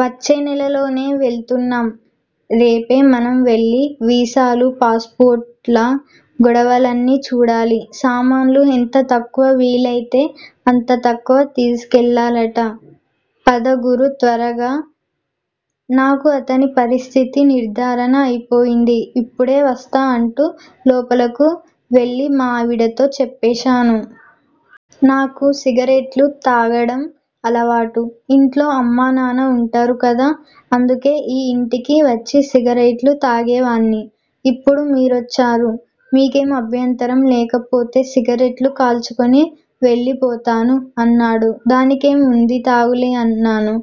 వచ్చే నెలలోనే వెళ్తున్నాం. రేపే మనం వెళ్ళి వీసాలు, పాస్ పోర్ట్ ల గొడవలన్నీ చూడాలి. సామాన్లు ఎంత తక్కువ వీలయితే అంత తక్కువ తీసుకెళ్ళాలట! పద గురూ త్వరగా. నాకు అతని పరిస్థితి నిర్ధారణ అయిపోయింది. ఇప్పుడే వస్తా అంటూ లోపలకు వెళ్ళి మా ఆవిడతో చెప్పేశాను. నాకు సిగరెట్లు తాగడం అలవాటు. ఇంట్లో అమ్మా నాన్న వుంటారు కదా. అందుకే ఈ యింటికి వచ్చి సిగరెట్లు తాగేవాడ్ని. ఇప్పుడు మీరొచ్చారు. మీకేం అభ్యంతరం లేకపోతే సిగరెట్లు కాల్చుకుని వెళ్ళిపోతాను. అన్నాడు. దానికేం వుంది తాగులే అన్నాను.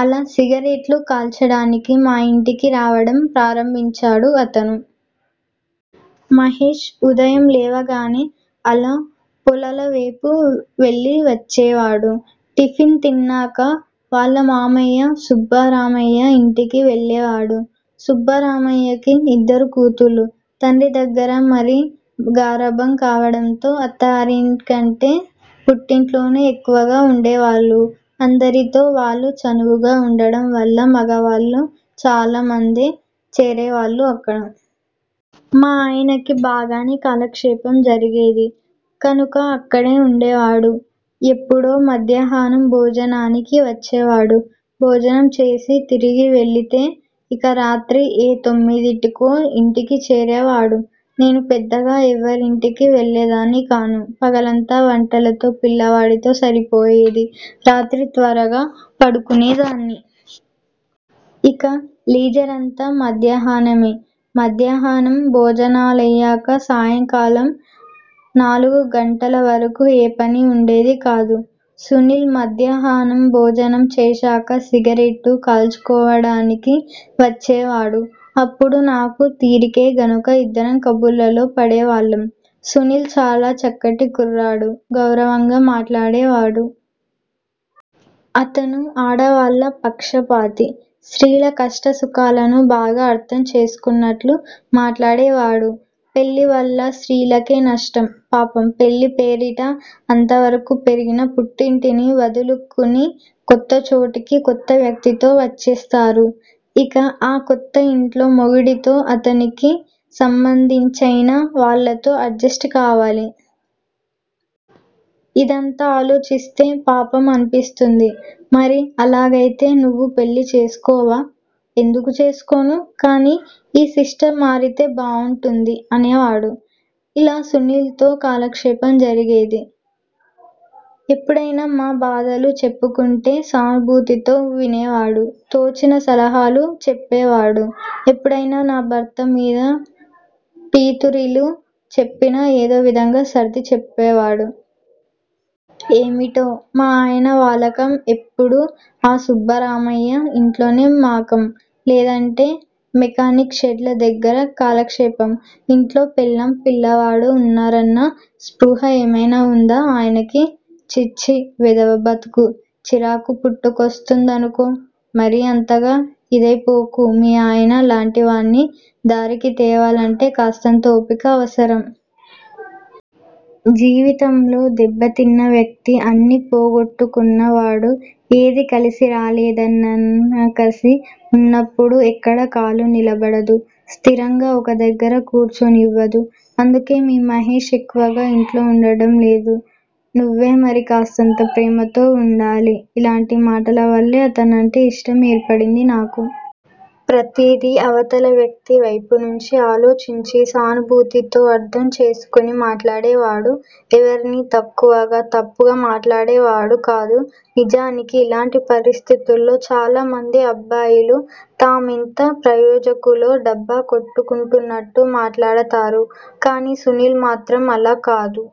అలా సిగరెట్లు కాల్చడానికి మా యింటికి రావడం ప్రారంభించాడు అతను. మహేశ్ ఉదయం లేవగానే అలా పొలాలవేపు వెళ్ళి వచ్చేవాడు. టిఫిన్ తిన్నాక వాళ్ళ మావయ్య సుబ్బరామయ్య యింటికి వెళ్ళేవాడు. సుబ్బరామయ్యకి ఇద్దరు కూతుళ్ళు. తండ్రి దగ్గర మరీ గారాబం కావడంతో అత్తగారింటికంటే పుట్టింట్లోనే ఎక్కువగా వుండేవాళ్ళు. అందరితో వాళ్ళు చనువుగా వుండడం వల్ల మగవాళ్ళు చాలామందే చేరేవాళ్ళు అక్కడ. మా ఆయనకి బాగానే కాలక్షేపం జరిగేది కనుక అక్కడే వుండేవాడు. ఎప్పుడో మధ్యాహ్నం భోజనానికి వచ్చేవాడు. భోజనం చేసి తిరిగి వెళితే ఇక రాత్రి ఏ తొమ్మిదింటికో ఇంటికి చేరేవాడు. నేను పెద్దగా ఎవరింటికీ వెళ్ళేదాన్ని కాను. పగలంతా వంటతో, పిల్లవాడితో సరిపోయేది. రాత్రి త్వరగా పడుకునేదాన్ని. ఇక లీజరంతా మధ్యాహ్నమే. మధ్యాహ్నం భోజనాలయ్యాక సాయంకాలం నాలుగు గంటల వరకూ ఏ పనీ వుండేది కాదు. సునీల్ మధ్యాహ్నం భోజనం చేశాక సిగరెట్టు కాల్చుకోవడానికి వచ్చేవాడు అప్పుడు నాకూ తీరికే గనుక ఇద్దరం కబుర్లలో పడేవాళ్ళం. సునీల్ చాలా చక్కటి కుర్రాడు. గౌరవంగా మాట్లాడేవాడు. అతను ఆడవాళ్ళ పక్షపాతి. స్త్రీల కష్టసుఖాలను బాగా అర్ధం చేసుకున్నట్లు మాట్లాడేవాడు. పెళ్ళి వల్ల స్త్రీలకే నష్టం, పాపం పెళ్ళి పేరిట అంతవరకు పెరిగిన పుట్టింటిని వదులుకుని, కొత్త చోటుకి, కొత్త వ్యక్తితో వచ్చేస్తారు. ఇక ఆ కొత్త ఇంట్లో మొగుడితో, అతనికి సంబంధించైనా వాళ్ళతో అడ్జెస్ట్ కావాలి. ఇదంతా ఆలోచిస్తే పాపం అనిపిస్తుంది. మరి అలాగైతే నువ్వు పెళ్ళి చేసుకోవా? ఎందుకు చేసుకోను? కానీ ఈ సిస్టమ్ మారితే బావుంటుంది అనేవాడు. ఇలా సునీల్ తో కాలక్షేపం జరిగేది. ఎప్పుడైనా మా బాధలు చెప్పుకుంటే సానుభూతితో వినేవాడు. తోచిన సలహాలు చెప్పేవాడు. ఎప్పుడైనా నా భర్త మీద పితూరీలు చెప్పినా ఏదో విధంగా సర్ది చెప్పేవాడు. ఏమిటో మా ఆయన వాలకం ఎప్పుడూ ఆ సుబ్బరామయ్య ఇంట్లోనే మకాం, లేదంటే మెకానిక్ షెడ్ల దగ్గర కాలక్షేపం, ఇంట్లో పెళ్ళాం, పిల్లాడు వున్నారన్న స్పృహ ఏమైనా వుందా ఆయనకి? ఛీఛీ వెధవ బతుకు, చిరాకు పుట్టుకొస్తుందనుకో మరీ అంతగా ఇదైపోకు. మీ ఆయన లాంటివాడ్ని దారికి తేవాలంటే కాస్తంత ఓపిక అవసరం. జీవితంలో దెబ్బతిన్న వ్యక్తి అన్నీ పోగొట్టుకున్న వాడు ఏదీ కలిసిరాలేదన్నకసి వున్నప్పుడు ఎక్కడా కాలు నిలబడదు. స్థిరంగా ఒక దగ్గర కూర్చోనివ్వదు. అందుకే మీ మహేష్ ఎక్కువగా ఇంట్లో వుండడం లేదు నువ్వే మరి కాస్తంత ప్రేమతో వుండాలి. ఇలాంటి మాటలవల్లే అతనంటే ఇష్టం ఏర్పడింది నాకు. ప్రతిదీ అవతల వ్యక్తివైపు నుంచి ఆలోచించి, సానుభూతితో అర్ధం చేసుకుని మాట్లాడేవాడు ఎవర్నీ తక్కువగా, తప్పుగా మాట్లాడేవాడు కాదు. నిజానికి ఇలాంటి పరిస్థితుల్లో చాలామంది అబ్బాయిలు తామెంత ప్రయోజకులో డబ్బా కొట్టుకుంటున్నట్టు మాట్లాడతారు. కానీ సునీల్ మాత్రం అలా కాదు.